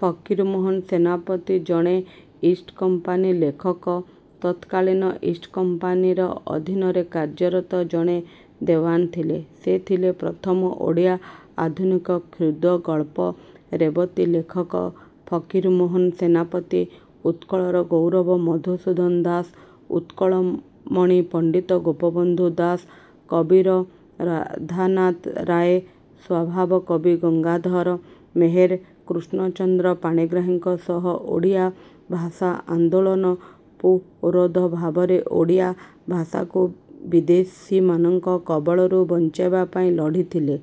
ଫକୀର ମୋହନ ସେନାପତି ଜଣେ ଓଡ଼ିଆ ଲେଖକ ଓ ତତ୍କାଳୀନ ଇଷ୍ଟ ଇଣ୍ଡିଆ କମ୍ପାନୀ ଅଧୀନରେ କାର୍ଯ୍ୟରତ ଜଣେ ଦେୱାନ ଥିଲେ। ସେ ଥିଲେ ପ୍ରଥମ ଓଡ଼ିଆ ଆଧୁନିକ କ୍ଷୁଦ୍ରଗଳ୍ପ ରେବତୀର ଲେଖକ। ଫକୀର ମୋହନ ସେନାପତି, ଉତ୍କଳ ଗୌରବ ମଧୁସୂଦନ ଦାସ, ଉତ୍କଳମଣି ପଣ୍ଡିତ ଗୋପବନ୍ଧୁ ଦାସ, କବିବର ରାଧାନାଥ ରାୟ, ସ୍ୱଭାବ କବି ଗଙ୍ଗାଧର ମେହେର, କୃଷ୍ଣଚନ୍ଦ୍ର ପାଣିଗ୍ରାହୀଙ୍କ ସହ ଓଡ଼ିଆ ଭାଷା ଆନ୍ଦୋଳନର ପୁରୋଧା ଭାବରେ ଓଡ଼ିଆ ଭାଷାକୁ ବିଦେଶୀମାନଙ୍କ କବଳରୁ ବଞ୍ଚାଇବା ପାଇଁ ଲଢିଥିଲେ।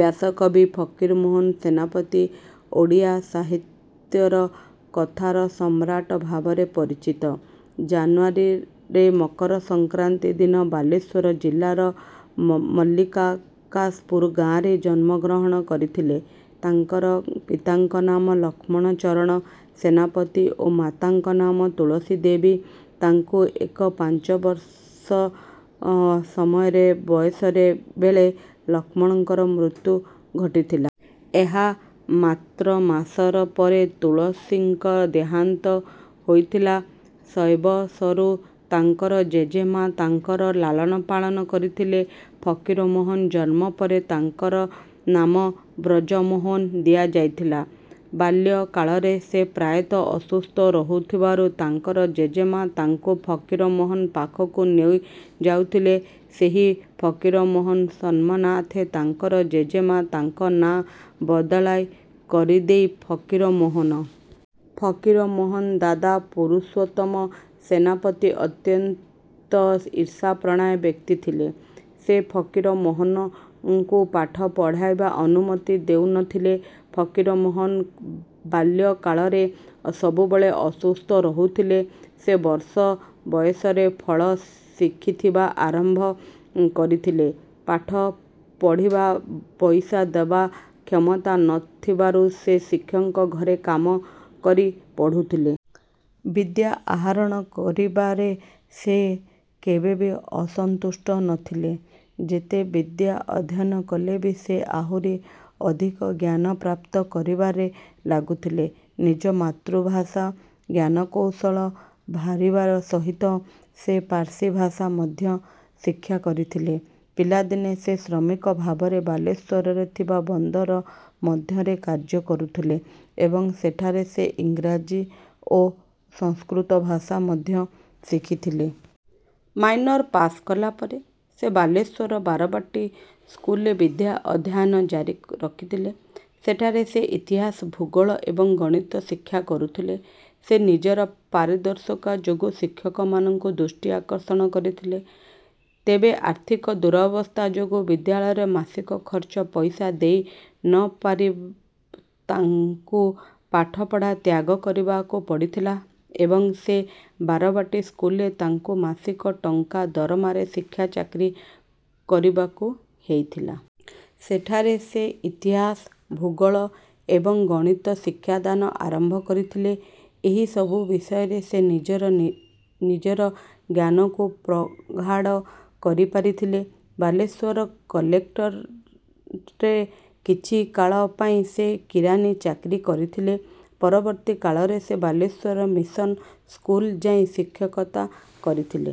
ବ୍ୟାସକବି ଫକୀର ମୋହନ ସେନାପତି ଓଡ଼ିଆ ସାହିତ୍ୟର କଥା ସମ୍ରାଟ ଭାବରେ ପରିଚିତ। ଜାନୁଆରୀ ରେ ମକର ସଂକ୍ରାନ୍ତି ଦିନ ବାଲେଶ୍ୱର ଜିଲ୍ଲାର ମଲ୍ଲିକାଶପୁର ଗାଆଁରେ ଜନ୍ମଗ୍ରହଣ କରିଥିଲେ। ତାଙ୍କ ପିତାଙ୍କ ନାମ ଲକ୍ଷ୍ମଣ ଚରଣ ସେନାପତି ଓ ମାତାଙ୍କ ନାମ ତୁଳସୀ ଦେବୀ। ତାଙ୍କୁ ଏକ ବର୍ଷ ପାଞ୍ଚ ମାସ ବୟସ ବେଳେ ଲକ୍ଷ୍ମଣଙ୍କ ମୃତ୍ୟୁ ଘଟିଥିଲା। ଏହାର ମାତ୍ର ମାସ ପରେ ତୁଳସୀଙ୍କ ଦେହାନ୍ତ ହୋଇଥିଲା। ଶୈଶବରୁ ତାଙ୍କ ଜେଜେମା ତାଙ୍କ ଲାଳନପାଳନ କରିଥିଲେ। ଫକୀରମୋହନଙ୍କ ଜନ୍ମ ପରେ ତାଙ୍କ ନାମ ବ୍ରଜମୋହନ ଦିଆଯାଇଥିଲା। ବାଲ୍ୟକାଳରେ ସେ ପ୍ରାୟତଃ ଅସୁସ୍ଥ ରହୁଥିବାରୁ ତାଙ୍କ ଜେଜେ ତାଙ୍କୁ ଫକୀରମାନଙ୍କ ପାଖକୁ ନେଇଯାଉଥିଲେ। ସେହି ଫକୀରମାନଙ୍କ ସମ୍ମାନାର୍ଥେ ତାଙ୍କ ଜେଜେମା' ତାଙ୍କ ନାଁ ବଦଳାଇ କରିଦେଲେ ଫକୀରମୋହନ। ଫକୀରମୋହନଙ୍କର ଦାଦା ପୁରୁଷୋତ୍ତମ ସେନାପତି ଅତ୍ୟନ୍ତ ଇର୍ଷାପରାୟଣୀ ବ୍ୟକ୍ତି ଥିଲେ। ସେ ଫକୀରମୋହନଙ୍କୁ ପାଠ ପଢ଼ିବାର ଅନୁମତି ଦେଉ ନ ଥିଲେ। ଫକୀରମୋହନ ବାଲ୍ୟକାଳରେ ସବୁବେଳେ ଅସୁସ୍ଥ ରହୁଥିବାରୁ, ସେ ବର୍ଷ ବୟସରେ ଫଳା ଶିଖିବା ଆରମ୍ଭ କରିଥିଲେ। ପାଠ ପଢ଼ି ପଇସା ଦେବାର କ୍ଷମତା ନ ଥିବାରୁ ସେ ଶିକ୍ଷକଙ୍କ ଘରେ କାମ କରି ପଢ଼ୁଥିଲେ। ବିଦ୍ୟା ଆହରଣ କରିବାରେ ସେ କେବେ ସନ୍ତୁଷ୍ଟ ନ ଥିଲେ। ଯେତେ ବିଦ୍ୟା ଅଧ୍ୟୟନ କଲେ ବି ସେ ଆହୁରି ଆଧିକ ଜ୍ଞାନ ପ୍ରାପ୍ତ କରିବାରେ ଲାଗୁଥିଲେ। ନିଜ ମାତୃଭାଷାରେ ଜ୍ଞାନକୋଷ ଭରିବା ସହିତ ସେ ପାର୍ସୀ ଭାଷା ମଧ୍ୟ ଶିକ୍ଷା କରିଥିଲେ। ପିଲାଦିନେ ସେ ଶ୍ରମିକ ଭାବରେ ବାଲେଶ୍ୱରରେ ଥିବା ବନ୍ଦରରେ ମଧ୍ୟ କାର୍ଯ୍ୟ କରୁଥିଲେ ଏବଂ ସେଠାରେ ସେ ବଙ୍ଗାଳୀ ଓ ସଂସ୍କୃତ ଭାଷା ମଧ୍ୟ ଶିକ୍ଷା କରିଥିଲେ। ମାଇନର ପାଶ୍ କଲା ପରେ ସେ ବାଲେଶ୍ୱରର ବାରବାଟୀ ସ୍କୁଲରେ ବିଦ୍ୟାଧ୍ୟୟନ ଜାରି ରଖିଥିଲେ। ସେଠାରେ ସେ ଇତିହାସ, ଭୂଗୋଳ ଏବଂ ଗଣିତ ଶିକ୍ଷା କରୁଥିଲେ। ସେ ନିଜର ପାରଦର୍ଶିତା ଯୋଗୁଁ ଶିକ୍ଷକମାନଙ୍କର ଦୃଷ୍ଟି ଆକର୍ଷଣ କରିଥିଲେ। ତେବେ ଆର୍ଥିକ ଦୁରବସ୍ଥା ଯୋଗୁଁ ବିଦ୍ୟାଳୟର ମାସିକ ଖର୍ଚ୍ଚ ପଇସା ଦେଇ ନ ପାରି ତାଙ୍କୁ ପାଠପଢ଼ା ତ୍ୟାଗ କରିବାକୁ ପଡ଼ିଥିଲା ଏବଂ ସେହି ବାରବାଟୀ ସ୍କୁଲରେ ତାଙ୍କୁ ମାସିକ ଟଙ୍କା ଦରମାରେ ଶିକ୍ଷକ ଚାକିରୀ କରିବାକୁ ହୋଇଥିଲା। ସେଠାରେ ସେ ଇତିହାସ, ଭୂଗୋଳ ଏବଂ ଗଣିତରେ ଶିକ୍ଷାଦାନ ଆରମ୍ଭ କରିଦେଲେ। ଏହି ସବୁ ବିଷୟରେ ସେ ନିଜେ ନିଜର ଜ୍ଞାନକୁ ପ୍ରଗାଢ଼ କରିପାରିଥିଲେ। ବାଲେଶ୍ୱର କଲେକ୍ଟରେଟ୍ରେ କିଛି କାଳ ପାଇଁ ସେ କିରାଣୀ ଚାକିରି କରିଥିଲେ। ପରବର୍ତ୍ତୀ କାଳରେ ସେ ବାଲେଶ୍ୱର ମିଶନ ସ୍କୁଲରେ ଯାଏଁ ଶିକ୍ଷକତା କରିଥିଲେ।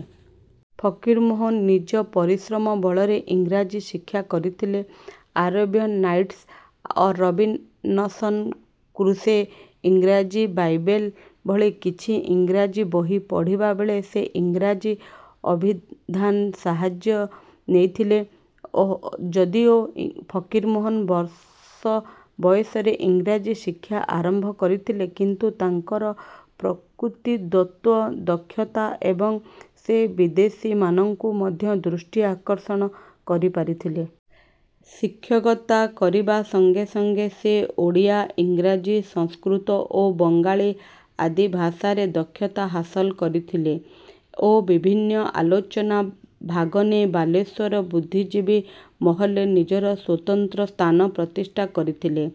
ଫକୀରମୋହନ ନିଜ ପରିଶ୍ରମ ବଳରେ ଇଂରାଜୀ ଶିକ୍ଷା କରିଥିଲେ। ଆରବିଆନ ନାଇଟସ୍, ରବିନସନ କୃଷେ, ଇଂରାଜୀ ବାଇବେଲ ଭଳି କିଛି ଇଂରାଜୀ ବହି ପଢ଼ିବା ବେଳେ ସେ ଇଂରାଜୀ ଅଭିଧାନର ସାହାଯ୍ୟ ନେଇଥିଲେ। ଯଦିଓ ଫକୀରମୋହନ ବର୍ଷ ବୟସରେ ଇଂରାଜୀ ଶିକ୍ଷା ଆରମ୍ଭ କରିଥିଲେ, କିନ୍ତୁ ତାଙ୍କର ପ୍ରକୃତିଦତ୍ତ ଦକ୍ଷତା ପାଇଁ ସେ ବିଦେଶୀମାନଙ୍କର ମଧ୍ୟ ଦୃଷ୍ଟି ଆକର୍ଷଣ କରିପାରିଥିଲେ। ଶିକ୍ଷକତା କରିବା ସଙ୍ଗେ ସଙ୍ଗେ ସେ ଓଡ଼ିଆ, ଇଂରାଜୀ, ସଂସ୍କୃତ ଓ ବଙ୍ଗାଳୀ ଆଦି ଭାଷାରେ ଦକ୍ଷତା ହାସଲ କରିଥିଲେ ଓ ବିଭିନ୍ନ ଆଲୋଚନାମାନଙ୍କରେ ଭାଗ ନେଇ ବାଲେଶ୍ୱରର ବୁଦ୍ଧିଜୀବି ମହଲରେ ନିଜର ସ୍ୱତନ୍ତ୍ର ସ୍ଥାନ ପ୍ରତିଷ୍ଠା କରିଥିଲେ।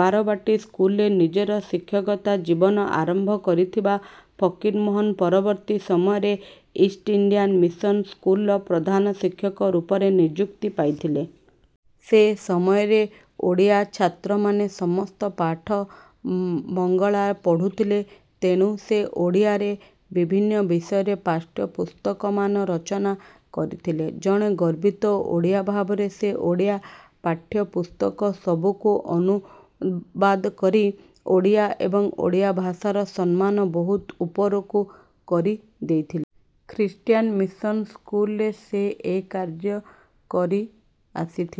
ବାରବାଟୀ ସ୍କୁଲରୁ ନିଜର ଶିକ୍ଷକତା ଜୀବନ ଆରମ୍ଭ କରିଥିବା ଫକୀରମୋହନ ପରବର୍ତ୍ତୀ ସମୟରେ ଖ୍ରୀଷ୍ଟୀଆନ ମିଶନ ସ୍କୁଲର ପ୍ରଧାନଶିକ୍ଷକ ରୂପେ ନିଜୁକ୍ତି ପାଇଥିଲେ। ସେହି ସମୟରେ ଓଡ଼ିଆ ଛାତ୍ରମାନେ ସମସ୍ତ ପାଠ ବଙ୍ଗଳାରେ ପଢ଼ୁଥିଲେ, ତେଣୁ ସେ ଓଡ଼ିଆରେ ବିଭିନ୍ନ ବିଷୟରେ ପାଠ୍ୟପୁସ୍ତକମାନ ରଚନା କରିଥିଲେ। ଜଣେ ଗର୍ବିତ ଓଡ଼ିଆ ଭାବରେ ସେ ଓଡ଼ିଆରେ ପାଠ୍ୟପୁସ୍ତକ ସବୁକୁ ଅନୁବାଦ କରି ଓଡ଼ିଶାର ଏବଂ ଓଡ଼ିଆ ଭାଷାର ସମ୍ମାନ ବହୁତ ଉପରକୁ କରିଦେଇଥିଲେ। ଖ୍ରୀଷ୍ଟୀଆନ ମିଶନ ସ୍କୁଲରେ ସେ ଯାଏ କାର୍ଯ୍ୟ କରିଆସିଥିଲେ।